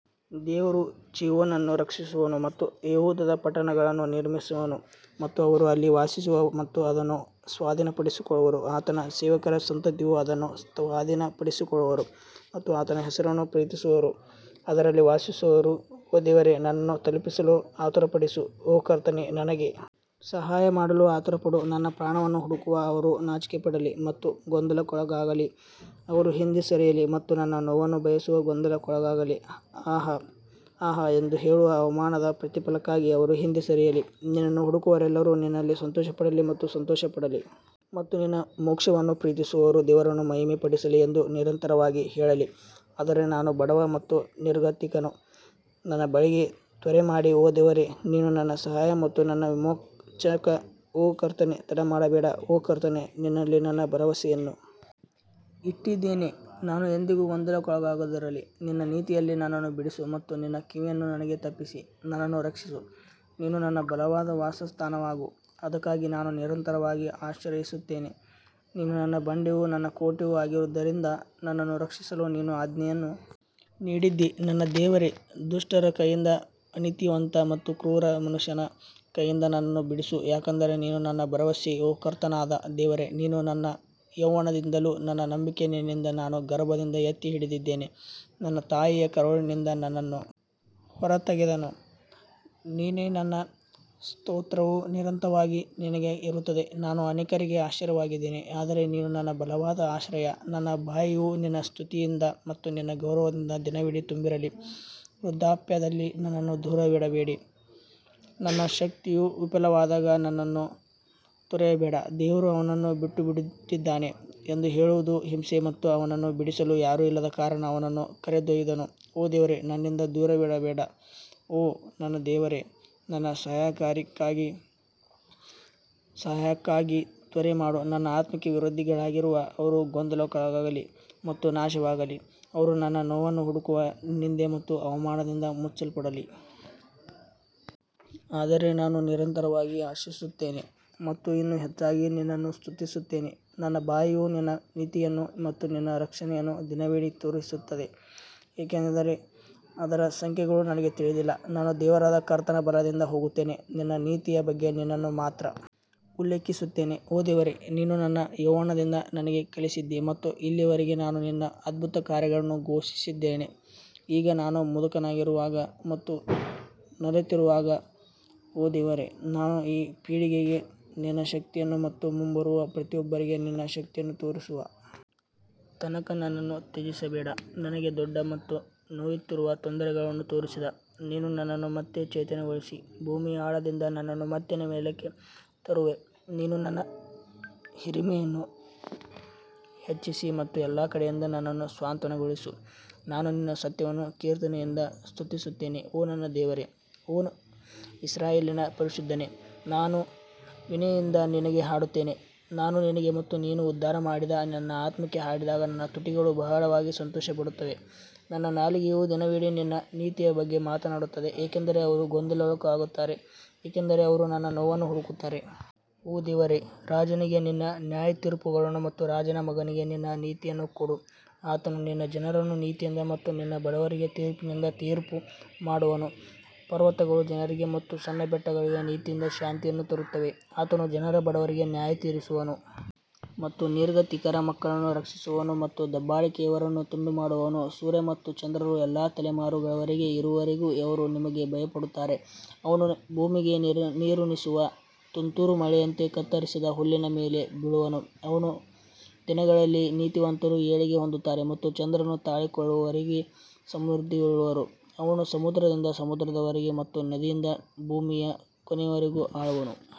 ದೇವರು ಚೀಯೋನನ್ನು ರಕ್ಷಿಸುವನು ಮತ್ತು ಯೆಹೂದದ ಪಟ್ಟಣಗಳನ್ನು ನಿರ್ಮಿಸುವನು ಮತ್ತು ಅವರು ಅಲ್ಲಿ ವಾಸಿಸುವ ಮತ್ತು ಅದನ್ನು ಸ್ವಾಧೀನಪಡಿಸಿಕೊಳ್ಳುವರು. ಆತನ ಸೇವಕರ ಸಂತತಿಯೂ ಅದನ್ನು ಸ್ವಾಧೀನಪಡಿಸಿಕೊಳ್ಳುವರು ಮತ್ತು ಆತನ ಹೆಸರನ್ನು ಪ್ರೀತಿಸುವವರು ಅದರಲ್ಲಿ ವಾಸಿಸುವರು ಓ ದೇವರೇ ನನ್ನನ್ನು ತಲುಪಿಸಲು ಆತುರಪಡಿಸು ಓ ಕರ್ತನೇ ನನಗೆ ಸಹಾಯ ಮಾಡಲು ಆತುರಪಡು ನನ್ನ ಪ್ರಾಣವನ್ನು ಹುಡುಕುವ ಅವರು ನಾಚಿಕೆಪಡಲಿ ಮತ್ತು ಗೊಂದಲಕ್ಕೊಳಗಾಗಲಿ, ಅವರು ಹಿಂದೆ ಸರಿಯಲಿ ಮತ್ತು ನನ್ನ ನೋವನ್ನು ಬಯಸುವ ಗೊಂದಲಕ್ಕೊಳಗಾಗಲಿ ಆಹಾ ಆಹಾ ಎಂದು ಹೇಳುವ ಅವಮಾನದ ಪ್ರತಿಫಲಕ್ಕಾಗಿ ಅವರು ಹಿಂದೆ ಸರಿಯಲಿ ನಿನ್ನನ್ನು ಹುಡುಕುವವರೆಲ್ಲರೂ ನಿನ್ನಲ್ಲಿ ಸಂತೋಷಪಡಲಿ ಮತ್ತು ಸಂತೋಷಪಡಲಿ ಮತ್ತು ನಿನ್ನ ಮೋಕ್ಷವನ್ನು ಪ್ರೀತಿಸುವವರು ದೇವರನ್ನು ಮಹಿಮೆಪಡಿಸಲಿ ಎಂದು ನಿರಂತರವಾಗಿ ಹೇಳಲಿ ಆದರೆ ನಾನು ಬಡವ ಮತ್ತು ನಿರ್ಗತಿಕನು ನನ್ನ ಬಳಿಗೆ ತ್ವರೆಮಾಡಿ ಓ ದೇವರೇ ನೀನು ನನ್ನ ಸಹಾಯ ಮತ್ತು ನನ್ನ ವಿಮೋಚಕ ಓ ಕರ್ತನೇ ತಡಮಾಡಬೇಡ ಓ ಕರ್ತನೇ ನಿನ್ನಲ್ಲಿ ನನ್ನ ಭರವಸೆಯನ್ನು ಇಟ್ಟಿದ್ದೇನೆ ನಾನು ಎಂದಿಗೂ ಗೊಂದಲಕ್ಕೊಳಗಾಗದಿರಲಿ ನಿನ್ನ ನೀತಿಯಲ್ಲಿ ನನ್ನನ್ನು ಬಿಡಿಸು ಮತ್ತು ನಿನ್ನ ಕಿವಿಯನ್ನು ನನಗೆ ತಪ್ಪಿಸಿ ನನ್ನನ್ನು ರಕ್ಷಿಸು ನೀನು ನನ್ನ ಬಲವಾದ ವಾಸಸ್ಥಾನವಾಗು, ಅದಕ್ಕಾಗಿ ನಾನು ನಿರಂತರವಾಗಿ ಆಶ್ರಯಿಸುತ್ತೇನೆ, ನೀನು ನನ್ನ ಬಂಡೆಯೂ ನನ್ನ ಕೋಟೆಯೂ ಆಗಿರುವುದರಿಂದ ನನ್ನನ್ನು ರಕ್ಷಿಸಲು ನೀನು ಆಜ್ಞೆಯನ್ನು ನೀಡಿದ್ದೀ ನನ್ನ ದೇವರೇ, ದುಷ್ಟರ ಕೈಯಿಂದ ಅನೀತಿವಂತ ಮತ್ತು ಕ್ರೂರ ಮನುಷ್ಯನ ಕೈಯಿಂದ ನನ್ನನ್ನು ಬಿಡಿಸು ಯಾಕಂದರೆ ನೀನು ನನ್ನ ಭರವಸೆ ಓ ಕರ್ತನಾದ ದೇವರೇ ನೀನು ನನ್ನ ಯೌವನದಿಂದಲೂ ನನ್ನ ನಂಬಿಕೆ ನಿನ್ನಿಂದ ನಾನು ಗರ್ಭದಿಂದ ಎತ್ತಿ ಹಿಡಿದಿದ್ದೇನೆ ನನ್ನ ತಾಯಿಯ ಕರುಳಿನಿಂದ ನನ್ನನ್ನು ಹೊರತೆಗೆದವನು ನೀನೇ ನನ್ನ ಸ್ತೋತ್ರವು ನಿರಂತರವಾಗಿ ನಿನಗೆ ಇರುತ್ತದೆ ನಾನು ಅನೇಕರಿಗೆ ಆಶ್ಚರ್ಯವಾಗಿದ್ದೇನೆ ಆದರೆ ನೀನು ನನ್ನ ಬಲವಾದ ಆಶ್ರಯ ನನ್ನ ಬಾಯಿಯು ನಿನ್ನ ಸ್ತುತಿಯಿಂದ ಮತ್ತು ನಿನ್ನ ಗೌರವದಿಂದ ದಿನವಿಡೀ ತುಂಬಿರಲಿ ವೃದ್ಧಾಪ್ಯದಲ್ಲಿ ನನ್ನನ್ನು ದೂರವಿಡಬೇಡ ನನ್ನ ಶಕ್ತಿಯು ವಿಫಲವಾದಾಗ ನನ್ನನ್ನು ತೊರೆಯಬೇಡ ದೇವರು ಅವನನ್ನು ಬಿಟ್ಟುಬಿಟ್ಟಿದ್ದಾನೆ ಎಂದು ಹೇಳುವುದು ಹಿಂಸೆ ಮತ್ತು ಅವನನ್ನು ಬಿಡಿಸಲು ಯಾರೂ ಇಲ್ಲದ ಕಾರಣ ಅವನನ್ನು ಕರೆದೊಯ್ದನು ಓ ದೇವರೇ ನನ್ನಿಂದ ದೂರವಿರಬೇಡ ಓ ನನ್ನ ದೇವರೇ ನನ್ನ ಸಹಾಯಕ್ಕಾಗಿ ತ್ವರೆ ಮಾಡು ನನ್ನ ಆತ್ಮಕ್ಕೆ ವಿರೋಧಿಗಳಾಗಿರುವ ಅವರು ಗೊಂದಲಕ್ಕೊಳಗಾಗಲಿ ಮತ್ತು ನಾಶವಾಗಲಿ, ಅವರು ನನ್ನ ನೋವನ್ನು ಹುಡುಕುವ ನಿಂದೆ ಮತ್ತು ಅವಮಾನದಿಂದ ಮುಚ್ಚಲ್ಪಡಲಿ. ಆದರೆ ನಾನು ನಿರಂತರವಾಗಿ ಆಶಿಸುತ್ತೇನೆ ಮತ್ತು ಇನ್ನೂ ಹೆಚ್ಚಾಗಿ ನಿನ್ನನ್ನು ಸ್ತುತಿಸುತ್ತೇನೆ ನನ್ನ ಬಾಯಿಯು ನಿನ್ನ ನೀತಿಯನ್ನು ಮತ್ತು ನಿನ್ನ ರಕ್ಷಣೆಯನ್ನು ದಿನವಿಡೀ ತೋರಿಸುತ್ತದೆ, ಏಕೆಂದರೆ ಅದರ ಸಂಖ್ಯೆಗಳು ನನಗೆ ತಿಳಿದಿಲ್ಲ. ನಾನು ದೇವರಾದ ಕರ್ತನ ಬಲದಿಂದ ಹೋಗುತ್ತೇನೆ, ನಿನ್ನ ನೀತಿಯ ಬಗ್ಗೆ ನಿನ್ನನ್ನು ಮಾತ್ರ ಉಲ್ಲೇಖಿಸುತ್ತೇನೆ ಓ ದೇವರೇ, ನೀನು ನನ್ನ ಯೌವನದಿಂದ ನನಗೆ ಕಲಿಸಿದ್ದೀ ಮತ್ತು ಇಲ್ಲಿಯವರೆಗೆ ನಾನು ನಿನ್ನ ಅದ್ಭುತ ಕಾರ್ಯಗಳನ್ನು ಘೋಷಿಸಿದ್ದೇನೆ ಈಗ ನಾನು ಮುದುಕನಾಗಿರುವಾಗ ಮತ್ತು ನರೆತಿರುವಾಗ ಓ ದೇವರೇ, ನಾನು ಈ ಪೀಳಿಗೆಗೆ ನಿನ್ನ ಶಕ್ತಿಯನ್ನು ಮತ್ತು ಮುಂಬರುವ ಪ್ರತಿಯೊಬ್ಬರಿಗೆ ನಿನ್ನ ಶಕ್ತಿಯನ್ನು ತೋರಿಸುವ ತನಕ ನನ್ನನ್ನು ತ್ಯಜಿಸಬೇಡ ನನಗೆ ದೊಡ್ಡ ಮತ್ತು ನೋಯುತ್ತಿರುವ ತೊಂದರೆಗಳನ್ನು ತೋರಿಸಿದ ನೀನು ನನ್ನನ್ನು ಮತ್ತೆ ಚೈತನ್ಯಗೊಳಿಸಿ ಭೂಮಿಯ ಆಳದಿಂದ ನನ್ನನ್ನು ಮತ್ತೆ ಮೇಲಕ್ಕೆ ತರುವೆ ನೀನು ನನ್ನ ಹಿರಿಮೆಯನ್ನು ಹೆಚ್ಚಿಸಿ ಮತ್ತು ಎಲ್ಲಾ ಕಡೆಯಿಂದ ನನ್ನನ್ನು ಸಾಂತ್ವನಗೊಳಿಸು ನಾನು ನಿನ್ನ ಸತ್ಯವನ್ನು ಕೀರ್ತನೆಯಿಂದ ಸ್ತುತಿಸುತ್ತೇನೆ ಓ ನನ್ನ ದೇವರೇ, ಓ ಇಸ್ರಾಯೇಲಿನ ಪರಿಶುದ್ಧನೇ, ನಾನು ವೀಣೆಯಿಂದ ನಿನಗೆ ಹಾಡುತ್ತೇನೆ ನಾನು ನಿನಗೆ ಮತ್ತು ನೀನು ಉದ್ಧಾರ ಮಾಡಿದ ನನ್ನ ಆತ್ಮಕ್ಕೆ ಹಾಡಿದಾಗ ನನ್ನ ತುಟಿಗಳು ಬಹಳವಾಗಿ ಸಂತೋಷಪಡುತ್ತವೆ ನನ್ನ ನಾಲಿಗೆಯು ದಿನವಿಡೀ ನಿನ್ನ ನೀತಿಯ ಬಗ್ಗೆ ಮಾತನಾಡುತ್ತದೆ ಏಕೆಂದರೆ ಅವರು ಗೊಂದಲಕ್ಕೊಳಗಾಗುತ್ತಾರೆ, ಏಕೆಂದರೆ ಅವರು ನನ್ನ ನೋವನ್ನು ಹುಡುಕುತ್ತಾರೆ. ಓ ದೇವರೇ, ರಾಜನಿಗೆ ನಿನ್ನ ನ್ಯಾಯತೀರ್ಪುಗಳನ್ನು ಮತ್ತು ರಾಜನ ಮಗನಿಗೆ ನಿನ್ನ ನೀತಿಯನ್ನು ಕೊಡು ಆತನು ನಿನ್ನ ಜನರನ್ನು ನೀತಿಯಿಂದ ಮತ್ತು ನಿನ್ನ ಬಡವರಿಗೆ ತೀರ್ಪಿನಿಂದ ತೀರ್ಪು ಮಾಡುವನು ಪರ್ವತಗಳು ಜನರಿಗೆ ಮತ್ತು ಸಣ್ಣ ಬೆಟ್ಟಗಳಿಗೆ ನೀತಿಯಿಂದ ಶಾಂತಿಯನ್ನು ತರುತ್ತವೆ ಆತನು ಜನರ ಬಡವರಿಗೆ ನ್ಯಾಯತೀರಿಸುವನು ಮತ್ತು ನಿರ್ಗತಿಕರ ಮಕ್ಕಳನ್ನು ರಕ್ಷಿಸುವನು ಮತ್ತು ದಬ್ಬಾಳಿಕೆಯವರನ್ನು ತುಂಡುಮಾಡುವನು ಸೂರ್ಯ ಮತ್ತು ಚಂದ್ರರು ಎಲ್ಲಾ ತಲೆಮಾರುಗಳವರೆಗೆ ಇರುವವರೆಗೂ ಅವರು ನಿಮಗೆ ಭಯಪಡುತ್ತಾರೆ ಅವನು ಭೂಮಿಗೆ ನೀರುಣಿಸುವ ತುಂತುರು ಮಳೆಯಂತೆ ಕತ್ತರಿಸಿದ ಹುಲ್ಲಿನ ಮೇಲೆ ಬೀಳುವನು ಅವನ ದಿನಗಳಲ್ಲಿ ನೀತಿವಂತರು ಏಳಿಗೆ ಹೊಂದುತ್ತಾರೆ ಮತ್ತು ಚಂದ್ರನು ತಾಳಿಕೊಳ್ಳುವವರೆಗೆ ಸಮೃದ್ಧಿಯುಳ್ಳವರು ಅವನು ಸಮುದ್ರದಿಂದ ಸಮುದ್ರದವರೆಗೆ ಮತ್ತು ನದಿಯಿಂದ ಭೂಮಿಯ ಕೊನೆಯವರೆಗೂ ಆಳುವನು.